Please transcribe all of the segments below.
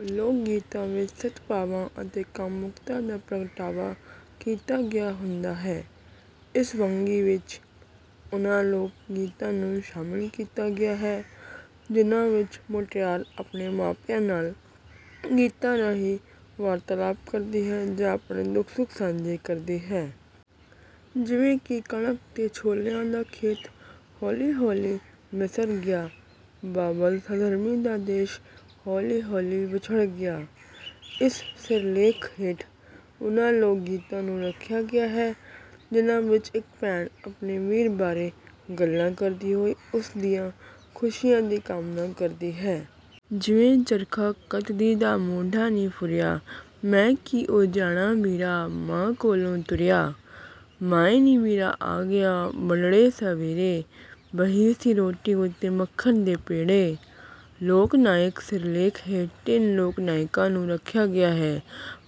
ਲੋਕ ਗੀਤਾਂ ਵਿੱਚ ਸੱਤ ਭਾਵਾਂ ਅਤੇ ਕਾਮੁਕਤਾ ਦਾ ਪ੍ਰਗਟਾਵਾ ਕੀਤਾ ਗਿਆ ਹੁੰਦਾ ਹੈ। ਇਸ ਵੰਨਗੀ ਵਿੱਚ ਉਹਨਾਂ ਲੋਕ ਗੀਤਾਂ ਨੂੰ ਸ਼ਾਮਲ ਕੀਤਾ ਗਿਆ ਹੈ, ਜਿਨ੍ਹਾਂ ਵਿੱਚ ਮੁਟਿਆਰ ਆਪਣੇ ਮਾਪਿਆਂ ਨਾਲ ਗੀਤਾਂ ਰਾਹੀਂ ਵਾਰਤਾਲਾਪ ਕਰਦੀ ਹੈ ਜਾਂ ਆਪਣੇ ਦੁੱਖ-ਸੁੱਖ ਸਾਂਝੇ ਕਰਦੀ ਹੈ। ਜਿਵੇਂ ਕਿ ਕਣਕ ਤੇ ਛੋਲਿਆਂ ਦਾ ਖੇਤ, ਹੌਲੀ-ਹੌਲੀ ਵਿਸਰ ਗਿਆ। ਬਾਬਲ ਸਧਰਮੀ ਦਾ ਦੇਸ਼, ਹੌਲੀ-ਹੌਲੀ ਵਿਛੜ ਗਿਆ। ਇਸ ਸਿਰਲੇਖ ਹੇਠ ਉਹਨਾਂ ਲੋਕ ਗੀਤਾਂ ਨੂੰ ਰੱਖਿਆ ਗਿਆ ਹੈ, ਜਿਨ੍ਹਾਂ ਵਿੱਚ ਇੱਕ ਭੈਣ ਆਪਣੇ ਵੀਰ ਬਾਰੇ ਗੱਲਾਂ ਕਰਦੀ ਹੋਈ ਉਸ ਦੀਆਂ ਖੁਸ਼ੀਆਂ ਦੀ ਕਾਮਨਾ ਕਰਦੀ ਹੈ। ਜਿਵੇਂ ਚਰਖਾ ਕੱਤਦੀ ਦਾ ਮੋਢਾ ਨੀ ਫੁਰਿਆ, ਮੈਂ ਕੀ ਓ ਜਾਣਾ ਵੀਰਾ, ਮਾਂ ਕੋਲੋਂ ਤੁਰਿਆ। ਮਾਏ ਨੀ ਵੀਰਾ ਆ ਗਿਆ ਵੱਡੜੇ ਸਵੇਰੇ, ਬਹੀ ਸੀ ਰੋਟੀ ਉੱਤੇ ਮੱਖਣ ਦੇ ਪੇੜੇ। ਲੋਕ ਨਾਇਕ ਸਿਰਲੇਖ ਹੇਠ ਤਿੰਨ ਲੋਕ ਨਾਇਕਾਂ ਨੂੰ ਰੱਖਿਆ ਗਿਆ ਹੈ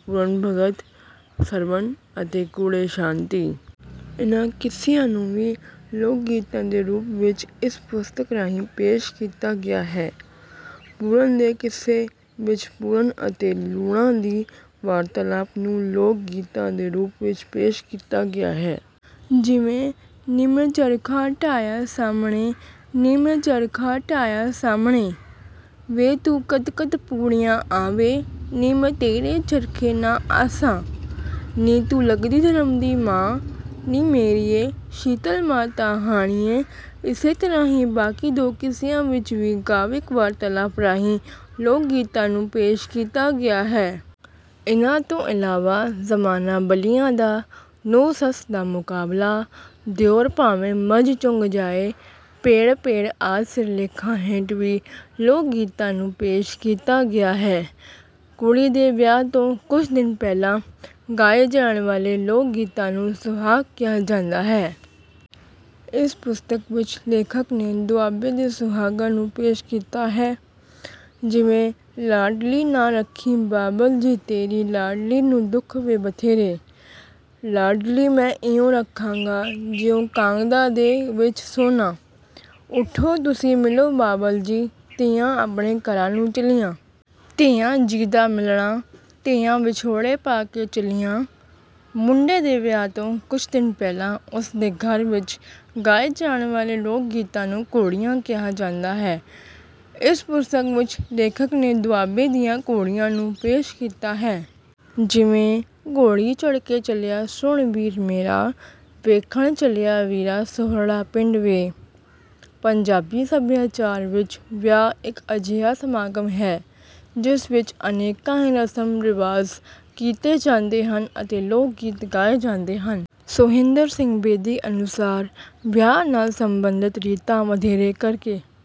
ਪੂਰਨ ਭਗਤ ,ਸਰਵਣ ਅਤੇ ਕੁੜੇ ਸ਼ਾਤੀ। ਇਹਨਾਂ ਕਿੱਸਿਆਂ ਨੂੰ ਵੀ ਲੋਕ ਗੀਤਾਂ ਦੇ ਰੂਪ ਵਿੱਚ ਇਸ ਪੁਸਤਕ ਰਾਹੀਂ ਪੇਸ਼ ਕੀਤਾ ਗਿਆ ਹੈ। ਪੂਰਨ ਦੇ ਕਿੱਸੇ ਵਿੱਚ ਪੂਰਨ ਅਤੇ ਲੂਣਾ ਦੀ ਵਾਰਤਾਲਾਪ ਨੂੰ ਲੋਕ ਗੀਤਾਂ ਦੇ ਰੂਪ ਵਿੱਚ ਪੇਸ਼ ਕੀਤਾ ਗਿਆ ਹੈ। ਜਿਵੇਂ ਨੀ ਮੈਂ ਚਰਖਾ ਢਾਹਿਆ ਸਾਹਮਣੇ, ਨੀ ਮੈਂ ਚਰਖਾ ਢਾਹਿਆ ਸਾਹਮਣੇ। ਵੇ ਤੂੰ ਕੱਤ-ਕੱਤ ਪੂਣੀਆਂ ਆ ਵੇ, ਨੀ ਮੈਂ ਤੇਰੇ ਚਰਖੇ ਨਾ ਆਸਾਂ। ਨੀ ਤੂੰ ਲੱਗਦੀ ਧਰਮ ਦੀ ਮਾਂ, ਨੀ ਮੇਰੀਏ ਸ਼ੀਤਲ ਮਾਤਾ ਹਾਣੀਏ ਇਸੇ ਤਰ੍ਹਾਂ ਹੀ ਬਾਕੀ ਦੋ ਕਿੱਸਿਆਂ ਵਿੱਚ ਵੀ ਕਾਵਿਕ ਵਾਰਤਾਲਾਪ ਰਾਹੀਂ ਲੋਕ ਗੀਤਾਂ ਨੂੰ ਪੇਸ਼ ਕੀਤਾ ਗਿਆ ਹੈ। ਇਹਨਾਂ ਤੋਂ ਇਲਾਵਾ ਜ਼ਮਾਨਾ ਬਲੀਆਂ ਦਾ, ਨੂੰਹ-ਸੱਸ ਦਾ ਮੁਕਾਬਲਾ, ਦਿਉਰ ਭਾਵੇਂ ਮੱਝ ਚੁੰਗ ਜਾਏ, ਭੇੜ-ਭੇੜ ਆਦਿ ਸਿਰਲੇਖਾਂ ਹੇਠ ਵੀ ਲੋਕ ਗੀਤਾਂ ਨੂੰ ਪੇਸ਼ ਕੀਤਾ ਗਿਆ ਹੈ। ਕੁੜੀ ਦੇ ਵਿਆਹ ਤੋਂ ਕੁਝ ਦਿਨ ਪਹਿਲਾਂ ਗਾਏ ਜਾਣ ਵਾਲੇ ਲੋਕ ਗੀਤਾਂ ਨੂੰ ਸੁਹਾਗ ਕਿਹਾ ਜਾਂਦਾ ਹੈ। ਇਸ ਪੁਸਤਕ ਵਿੱਚ ਲੇਖਕ ਨੇ ਦੁਆਬੇ ਦੇ ਸੁਹਾਗਾਂ ਨੂੰ ਪੇਸ਼ ਕੀਤਾ ਹੈ। ਜਿਵੇਂ ਲਾਡਲੀ ਨਾਂ ਰੱਖੀ ਬਾਬਲ ਜੀ, ਤੇਰੀ ਲਾਡਲੀ ਨੂੰ ਦੁੱਖ ਵੇ ਬਥੇਰੇ। ਲਾਡਲੀ ਮੈਂ ਇਉਂ ਰੱਖਾਂਗਾ, ਜਿਉਂ ਕਾਂਗਦਾ ਦੇ ਵਿੱਚ ਸੋਨਾ। ਉੱਠੋ ਤੁਸੀਂ ਮਿਲੋ ਬਾਬਲ ਜੀ, ਧੀਆਂ ਆਪਣੇ ਘਰਾਂ ਨੂੰ ਚੱਲੀਆਂ। ਧੀਆਂ ਜੀ ਦਾ ਮਿਲਣਾ, ਧੀਆਂ ਵਿਛੋੜੇ ਪਾ ਕੇ ਚੱਲੀਆਂ। ਮੁੰਡੇ ਦੇ ਵਿਆਹ ਤੋਂ ਕੁਝ ਦਿਨ ਪਹਿਲਾਂ ਉਸ ਦੇ ਘਰ ਵਿੱਚ ਗਾਏ ਜਾਣ ਵਾਲੇ ਲੋਕ ਗੀਤਾਂ ਨੂੰ ਘੋੜੀਆਂ ਕਿਹਾ ਜਾਂਦਾ ਹੈ। ਇਸ ਪੁਸਤਕ ਵਿੱਚ ਲੇਖਕ ਨੇ ਦੁਆਬੇ ਦੀਆਂ ਘੋੜੀਆਂ ਨੂੰ ਪੇਸ਼ ਕੀਤਾ ਹੈ। ਜਿਵੇਂ ਘੋੜੀ ਚੜ੍ਹ ਕੇ ਚੱਲਿਆ ਸੁਣ ਵੀਰ ਮੇਰਾ, ਵੇਖਣ ਚੱਲਿਆ ਵੀਰਾ ਸੌਹਰੜਾ ਪਿੰਡ ਵੇ। ਪੰਜਾਬੀ ਸੱਭਿਆਚਾਰ ਵਿੱਚ ਵਿਆਹ ਇੱਕ ਅਜਿਹਾ ਸਮਾਗਮ ਹੈ, ਜਿਸ ਵਿੱਚ ਅਨੇਕਾਂ ਹੀ ਰਸਮ-ਰਿਵਾਜ਼ ਕੀਤੇ ਜਾਂਦੇ ਹਨ ਅਤੇ ਲੋਕ ਗੀਤ ਗਾਏ ਜਾਂਦੇ ਹਨ। ਸੋਹਿੰਦਰ ਸਿੰਘ ਬੇਦੀ ਅਨੁਸਾਰ, ਵਿਆਹ ਨਾਲ ਸਬੰਧਤ ਰੀਤਾਂ ਵਧੇਰੇ ਕਰਕੇ…